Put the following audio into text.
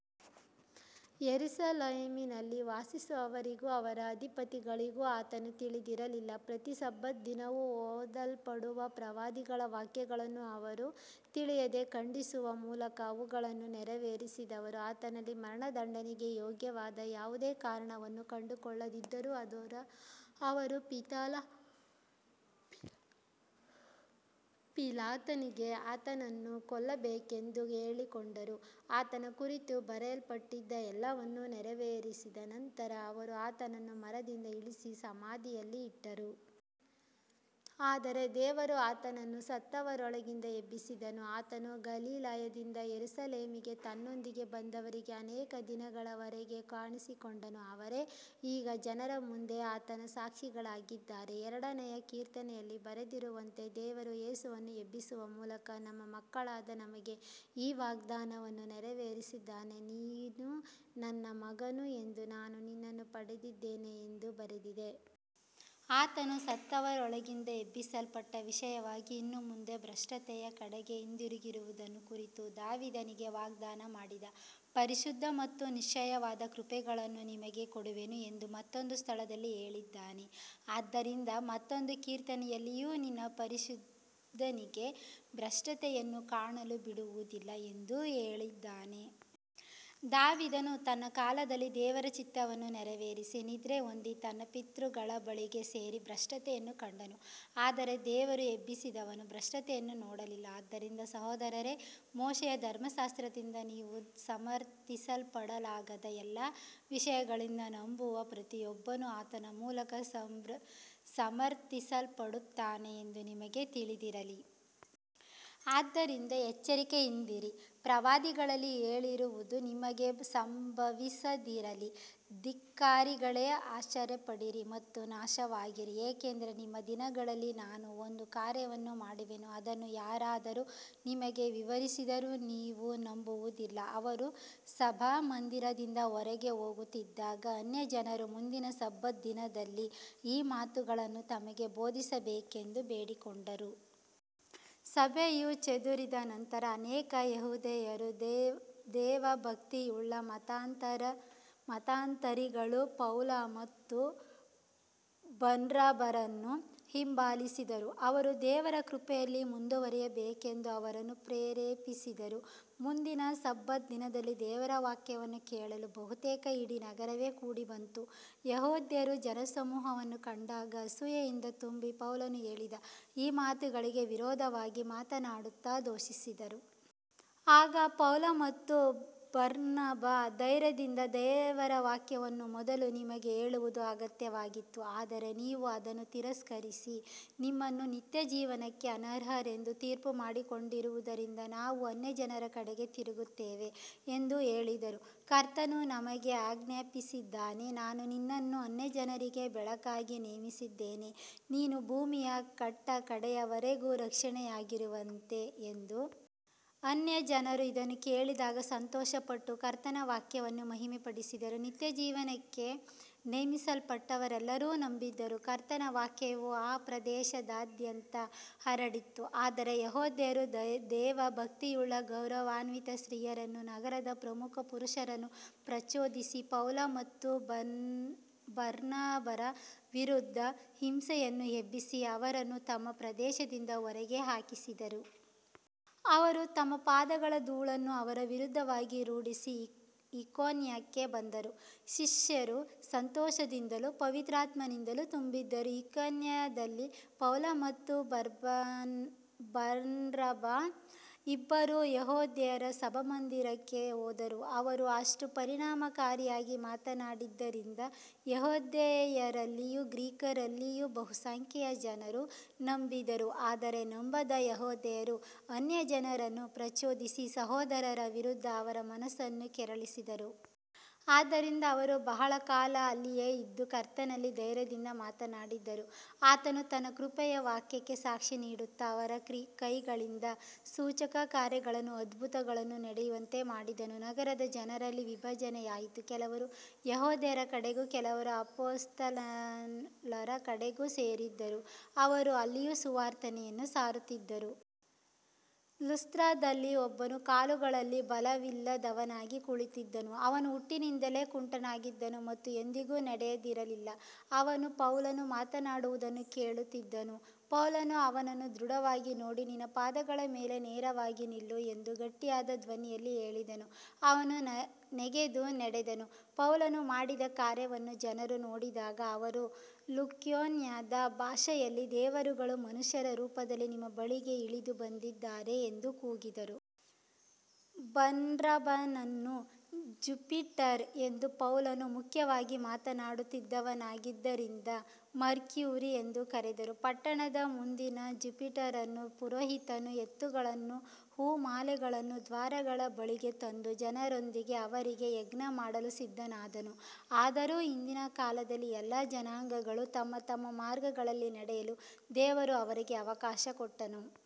ಯೆರೂಸಲೇಮಿನಲ್ಲಿ ವಾಸಿಸುವವರಿಗೂ ಅವರ ಅಧಿಪತಿಗಳಿಗೂ ಆತನು ತಿಳಿದಿರಲಿಲ್ಲ. ಪ್ರತಿ ಸಬ್ಬತ್ ದಿನವೂ ಓದಲ್ಪಡುವ ಪ್ರವಾದಿಗಳ ವಾಕ್ಯಗಳನ್ನು ಅವರು ತಿಳಿಯದೆ ಖಂಡಿಸುವ ಮೂಲಕ ಅವುಗಳನ್ನು ನೆರವೇರಿಸಿದರು. ಆತನಲ್ಲಿ ಮರಣದಂಡನೆಗೆ ಯೋಗ್ಯವಾದ ಯಾವುದೇ ಕಾರಣವನ್ನು ಕಂಡುಕೊಳ್ಳದಿದ್ದರೂ ಅವರು ಪಿಲಾತನಿಗೆ ಆತನನ್ನು ಕೊಲ್ಲಬೇಕೆಂದು ಕೇಳಿಕೊಂಡರು. ಆತನ ಕುರಿತು ಬರೆಯಲ್ಪಟ್ಟಿದ್ದ ಎಲ್ಲವನ್ನೂ ನೆರವೇರಿಸಿದ ನಂತರ ಅವರು ಆತನನ್ನು ಮರದಿಂದ ಇಳಿಸಿ ಸಮಾಧಿಯಲ್ಲಿ ಇಟ್ಟರು. ಆದರೆ ದೇವರು ಆತನನ್ನು ಸತ್ತವರೊಳಗಿಂದ ಎಬ್ಬಿಸಿದನು. ಆತನು ಗಲಿಲಾಯದಿಂದ ಯೆರೂಸಲೇಮಿಗೆ ತನ್ನೊಂದಿಗೆ ಬಂದವರಿಗೆ ಅನೇಕ ದಿನಗಳವರೆಗೆ ಕಾಣಿಸಿಕೊಂಡನು. ಅವರೇ ಈಗ ಜನರ ಮುಂದೆ ಆತನ ಸಾಕ್ಷಿಗಳಾಗಿದ್ದಾರೆ. ಎರಡನೆಯ ಕೀರ್ತನೆಯಲ್ಲಿ ಬರೆದಿರುವಂತೆ, ದೇವರು ಯೇಸುವನ್ನು ಎಬ್ಬಿಸುವ ಮೂಲಕ ನಮ್ಮ ಮಕ್ಕಳಾದ ನಮಗೆ ಈ ವಾಗ್ದಾನವನ್ನು ನೆರವೇರಿಸಿದ್ದಾನೆ, ನೀನು ನನ್ನ ಮಗನು, ಇಂದು ನಾನು ನಿನ್ನನ್ನು ಪಡೆದಿದ್ದೇನೆ ಎಂದು ಬರೆದಿದೆ. ಆತನು ಸತ್ತವರೊಳಗಿಂದ ಎಬ್ಬಿಸಲ್ಪಟ್ಟ ವಿಷಯವಾಗಿ ಇನ್ನು ಮುಂದೆ ಭ್ರಷ್ಟತೆಯ ಕಡೆಗೆ ಹಿಂದಿರುಗದಿರುವುದನ್ನು ಕುರಿತು, ದಾವೀದನಿಗೆ ವಾಗ್ದಾನ ಮಾಡಿದ ಪರಿಶುದ್ಧ ಮತ್ತು ನಿಶ್ಚಯವಾದ ಕೃಪೆಗಳನ್ನು ನಿಮಗೆ ಕೊಡುವೆನು ಎಂದು ಮತ್ತೊಂದು ಸ್ಥಳದಲ್ಲಿ ಹೇಳಿದ್ದಾನೆ. ಆದ್ದರಿಂದ ಮತ್ತೊಂದು ಕೀರ್ತನೆಯಲ್ಲಿಯೂ, ನಿನ್ನ ಪರಿಶುದ್ಧನಿಗೆ ಭ್ರಷ್ಟತೆಯನ್ನು ಕಾಣಲು ಬಿಡುವುದಿಲ್ಲ ಎಂದು ಹೇಳಿದ್ದಾನೆ. ದಾವೀದನು ತನ್ನ ಕಾಲದಲ್ಲಿ ದೇವರ ಚಿತ್ತವನ್ನು ನೆರವೇರಿಸಿ ನಿದ್ರೆಹೊಂದಿ ತನ್ನ ಪಿತೃಗಳ ಬಳಿಗೆ ಸೇರಿ ಭ್ರಷ್ಟತೆಯನ್ನು ಕಂಡನು. ಆದರೆ ದೇವರು ಎಬ್ಬಿಸಿದವನು ಭ್ರಷ್ಟತೆಯನ್ನು ನೋಡಲಿಲ್ಲ. ಆದ್ದರಿಂದ ಸಹೋದರರೇ, ಮೋಶೆಯ ಧರ್ಮಶಾಸ್ತ್ರದಿಂದ ನೀವು ಸಮರ್ಥಿಸಲ್ಪಡಲಾಗದ ಎಲ್ಲ ವಿಷಯಗಳಿಂದ ನಂಬುವ ಪ್ರತಿಯೊಬ್ಬನೂ ಆತನ ಮೂಲಕ ಸಮರ್ಥಿಸಲ್ಪಡುತ್ತಾನೆ ಎಂದು ನಿಮಗೆ ತಿಳಿದಿರಲಿ. ಆದ್ದರಿಂದ ಎಚ್ಚರಿಕೆಯಿಂದಿರಿ, ಪ್ರವಾದಿಗಳಲ್ಲಿ ಹೇಳಿರುವುದು ನಿಮಗೆ ಸಂಭವಿಸದಿರಲಿ, ಧಿಕ್ಕಾರಿಗಳೇ, ಆಶ್ಚರ್ಯಪಡಿರಿ ಮತ್ತು ನಾಶವಾಗಿರಿ, ಏಕೆಂದರೆ ನಿಮ್ಮ ದಿನಗಳಲ್ಲಿ ನಾನು ಒಂದು ಕಾರ್ಯವನ್ನು ಮಾಡುವೆನು, ಅದನ್ನು ಯಾರಾದರೂ ನಿಮಗೆ ವಿವರಿಸಿದರೂ ನೀವು ನಂಬುವುದಿಲ್ಲ. ಅವರು ಸಭಾಮಂದಿರದಿಂದ ಹೊರಗೆ ಹೋಗುತ್ತಿದ್ದಾಗ ಅನ್ಯಜನರು ಮುಂದಿನ ಸಬ್ಬತ್ ದಿನದಲ್ಲಿ ಈ ಮಾತುಗಳನ್ನು ತಮಗೆ ಬೋಧಿಸಬೇಕೆಂದು ಬೇಡಿಕೊಂಡರು. ಸಭೆಯು ಚದುರಿದ ನಂತರ ಅನೇಕ ಯೆಹೂದ್ಯರೂ ದೇವಭಕ್ತಿಯುಳ್ಳ ಮತಾಂತರಿಗಳೂ ಪೌಲ ಮತ್ತು ಬರ್ನಬರನ್ನು ಹಿಂಬಾಲಿಸಿದರು. ಅವರು ದೇವರ ಕೃಪೆಯಲ್ಲಿ ಮುಂದುವರಿಯಬೇಕೆಂದು ಅವರನ್ನು ಪ್ರೇರೇಪಿಸಿದರು. ಮುಂದಿನ ಸಬ್ಬತ್ ದಿನದಲ್ಲಿ ದೇವರ ವಾಕ್ಯವನ್ನು ಕೇಳಲು ಬಹುತೇಕ ಇಡೀ ನಗರವೇ ಕೂಡಿಬಂತು. ಯೆಹೂದ್ಯರು ಜನಸಮೂಹವನ್ನು ಕಂಡಾಗ ಅಸೂಯೆಯಿಂದ ತುಂಬಿ ಪೌಲನು ಹೇಳಿದ ಮಾತುಗಳಿಗೆ ವಿರೋಧವಾಗಿ ಮಾತನಾಡುತ್ತಾ ದೂಷಿಸಿದರು. ಆಗ ಪೌಲ ಮತ್ತು ಬರ್ನಬ ಧೈರ್ಯದಿಂದ, ದೇವರ ವಾಕ್ಯವನ್ನು ಮೊದಲು ನಿಮಗೆ ಹೇಳುವುದು ಅಗತ್ಯವಾಗಿತ್ತು. ಆದರೆ ನೀವು ಅದನ್ನು ತಿರಸ್ಕರಿಸಿ ನಿಮ್ಮನ್ನು ನಿತ್ಯಜೀವಕ್ಕೆ ಅನರ್ಹರೆಂದು ತೀರ್ಪುಮಾಡಿಕೊಂಡಿರುವುದರಿಂದ ನಾವು ಅನ್ಯಜನರ ಕಡೆಗೆ ತಿರುಗುತ್ತೇವೆ ಎಂದು ಹೇಳಿದರು. ಕರ್ತನು ನಮಗೆ ಆಜ್ಞಾಪಿಸಿದ್ದಾನೆ, ನಾನು ನಿನ್ನನ್ನು ಅನ್ಯಜನರಿಗೆ ಬೆಳಕಾಗಿ ನೇಮಿಸಿದ್ದೇನೆ, ನೀನು ಭೂಮಿಯ ಕಟ್ಟಕಡೆಯವರೆಗೂ ರಕ್ಷಣೆಯಾಗಿರುವಂತೆ ಎಂದು. ಅನ್ಯಜನರು ಇದನ್ನು ಕೇಳಿದಾಗ ಸಂತೋಷಪಟ್ಟು ಕರ್ತನ ವಾಕ್ಯವನ್ನು ಮಹಿಮೆಪಡಿಸಿದರು. ನಿತ್ಯಜೀವಕ್ಕೆ ನೇಮಿಸಲ್ಪಟ್ಟವರೆಲ್ಲರೂ ನಂಬಿದರು. ಕರ್ತನ ವಾಕ್ಯವು ಆ ಪ್ರದೇಶದಾದ್ಯಂತ ಹರಡಿತು. ಆದರೆ ಯೆಹೂದ್ಯರು ದೇವಭಕ್ತಿಯುಳ್ಳ ಗೌರವಾನ್ವಿತ ಸ್ತ್ರೀಯರನ್ನೂ ನಗರದ ಪ್ರಮುಖ ಪುರುಷರನ್ನೂ ಪ್ರಚೋದಿಸಿ, ಪೌಲ ಮತ್ತು ಬರ್ನಬರ ವಿರುದ್ಧ ಹಿಂಸೆಯನ್ನು ಎಬ್ಬಿಸಿ ಅವರನ್ನು ತಮ್ಮ ಪ್ರದೇಶದಿಂದ ಹೊರಗೆ ಹಾಕಿಸಿದರು. ಅವರು ತಮ್ಮ ಪಾದಗಳ ಧೂಳನ್ನು ಅವರ ವಿರುದ್ಧವಾಗಿ ಝಾಡಿಸಿ ಇಕೋನ್ಯಕ್ಕೆ ಬಂದರು. ಶಿಷ್ಯರು ಸಂತೋಷದಿಂದಲೂ ಪವಿತ್ರಾತ್ಮದಿಂದಲೂ ತುಂಬಿದರು. ಇಕೋನ್ಯದಲ್ಲಿ ಪೌಲ ಮತ್ತು ಬರ್ನಬ ಇಬ್ಬರೂ ಯೆಹೂದ್ಯರ ಸಭಾಮಂದಿರಕ್ಕೆ ಹೋದರು. ಅವರು ಅಷ್ಟು ಪರಿಣಾಮಕಾರಿಯಾಗಿ ಮಾತನಾಡಿದ್ದರಿಂದ ಯೆಹೂದ್ಯರಲ್ಲಿಯೂ ಗ್ರೀಕರಲ್ಲಿಯೂ ಬಹುಸಂಖ್ಯೆಯ ಜನರು ನಂಬಿದರು. ಆದರೆ ನಂಬದ ಯೆಹೂದ್ಯರು ಅನ್ಯಜನರನ್ನು ಪ್ರಚೋದಿಸಿ ಸಹೋದರರ ವಿರುದ್ಧ ಅವರ ಮನಸ್ಸನ್ನು ಕೆರಳಿಸಿದರು. ಆದ್ದರಿಂದ ಅವರು ಬಹಳ ಕಾಲ ಅಲ್ಲಿಯೇ ಇದ್ದು, ಕರ್ತನಲ್ಲಿ ಧೈರ್ಯದಿಂದ ಮಾತನಾಡಿದರು. ಆತನು ತನ್ನ ಕೃಪೆಯ ವಾಕ್ಯಕ್ಕೆ ಸಾಕ್ಷಿ ನೀಡುತ್ತಾ ಅವರ ಕೈಗಳಿಂದ ಸೂಚಕಕಾರ್ಯಗಳನ್ನೂ ಅದ್ಭುತಗಳನ್ನೂ ನಡೆಯುವಂತೆ ಮಾಡಿದನು. ನಗರದ ಜನರಲ್ಲಿ ವಿಭಜನೆಯಾಯಿತು. ಕೆಲವರು ಯೆಹೂದ್ಯರ ಕಡೆಗೂ ಕೆಲವರು ಅಪೊಸ್ತಲರ ಕಡೆಗೂ ಸೇರಿದರು. ಅವರು ಅಲ್ಲಿಯೂ ಸುವಾರ್ತೆಯನ್ನು ಸಾರುತ್ತಿದ್ದರು. ಲುಸ್ತ್ರದಲ್ಲಿ ಒಬ್ಬನು ಕಾಲುಗಳಲ್ಲಿ ಬಲವಿಲ್ಲದವನಾಗಿ ಕುಳಿತಿದ್ದನು. ಅವನು ಹುಟ್ಟಿನಿಂದಲೇ ಕುಂಟನಾಗಿದ್ದನು ಮತ್ತು ಎಂದಿಗೂ ನಡೆದಿರಲಿಲ್ಲ. ಅವನು ಪೌಲನು ಮಾತನಾಡುವುದನ್ನು ಕೇಳುತ್ತಿದ್ದನು. ಪೌಲನು ಅವನನ್ನು ದೃಢವಾಗಿ ನೋಡಿ, ನಿನ್ನ ಪಾದಗಳ ಮೇಲೆ ನೇರವಾಗಿ ನಿಲ್ಲು ಎಂದು ಗಟ್ಟಿಯಾದ ಧ್ವನಿಯಲ್ಲಿ ಹೇಳಿದನು. ಅವನು ನೆಗೆದು ನಡೆದನು. ಪೌಲನು ಮಾಡಿದ ಕಾರ್ಯವನ್ನು ಜನರು ನೋಡಿದಾಗ ಅವರು ಲುಕೋನ್ಯದ ಭಾಷೆಯಲ್ಲಿ, ದೇವರುಗಳು ಮನುಷ್ಯರ ರೂಪದಲ್ಲಿ ನಮ್ಮ ಬಳಿಗೆ ಇಳಿದು ಬಂದಿದ್ದಾರೆ ಎಂದು ಕೂಗಿದರು. ಬರ್ನಬನನ್ನು ಜುಪಿಟರ್ ಎಂದೂ ಪೌಲನು ಮುಖ್ಯವಾಗಿ ಮಾತನಾಡುತ್ತಿದ್ದವನಾಗಿದ್ದುದರಿಂದ ಮರ್ಕ್ಯುರಿ ಎಂದೂ ಕರೆದರು. ಪಟ್ಟಣದ ಮುಂದಿದ್ದ ಜುಪಿಟರನ ಪುರೋಹಿತನು ಎತ್ತುಗಳನ್ನೂ ಹೂಮಾಲೆಗಳನ್ನೂ ದ್ವಾರಗಳ ಬಳಿಗೆ ತಂದು ಜನರೊಂದಿಗೆ ಅವರಿಗೆ ಯಜ್ಞಮಾಡಲು ಸಿದ್ಧನಾದನು. ಆದರೂ ಹಿಂದಿನ ಕಾಲಗಳಲ್ಲಿ ಎಲ್ಲಾ ಜನಾಂಗಗಳೂ ತಮ್ಮ ತಮ್ಮ ಮಾರ್ಗಗಳಲ್ಲಿ ನಡೆಯಲು ದೇವರು ಅವರಿಗೆ ಅವಕಾಶಕೊಟ್ಟನು.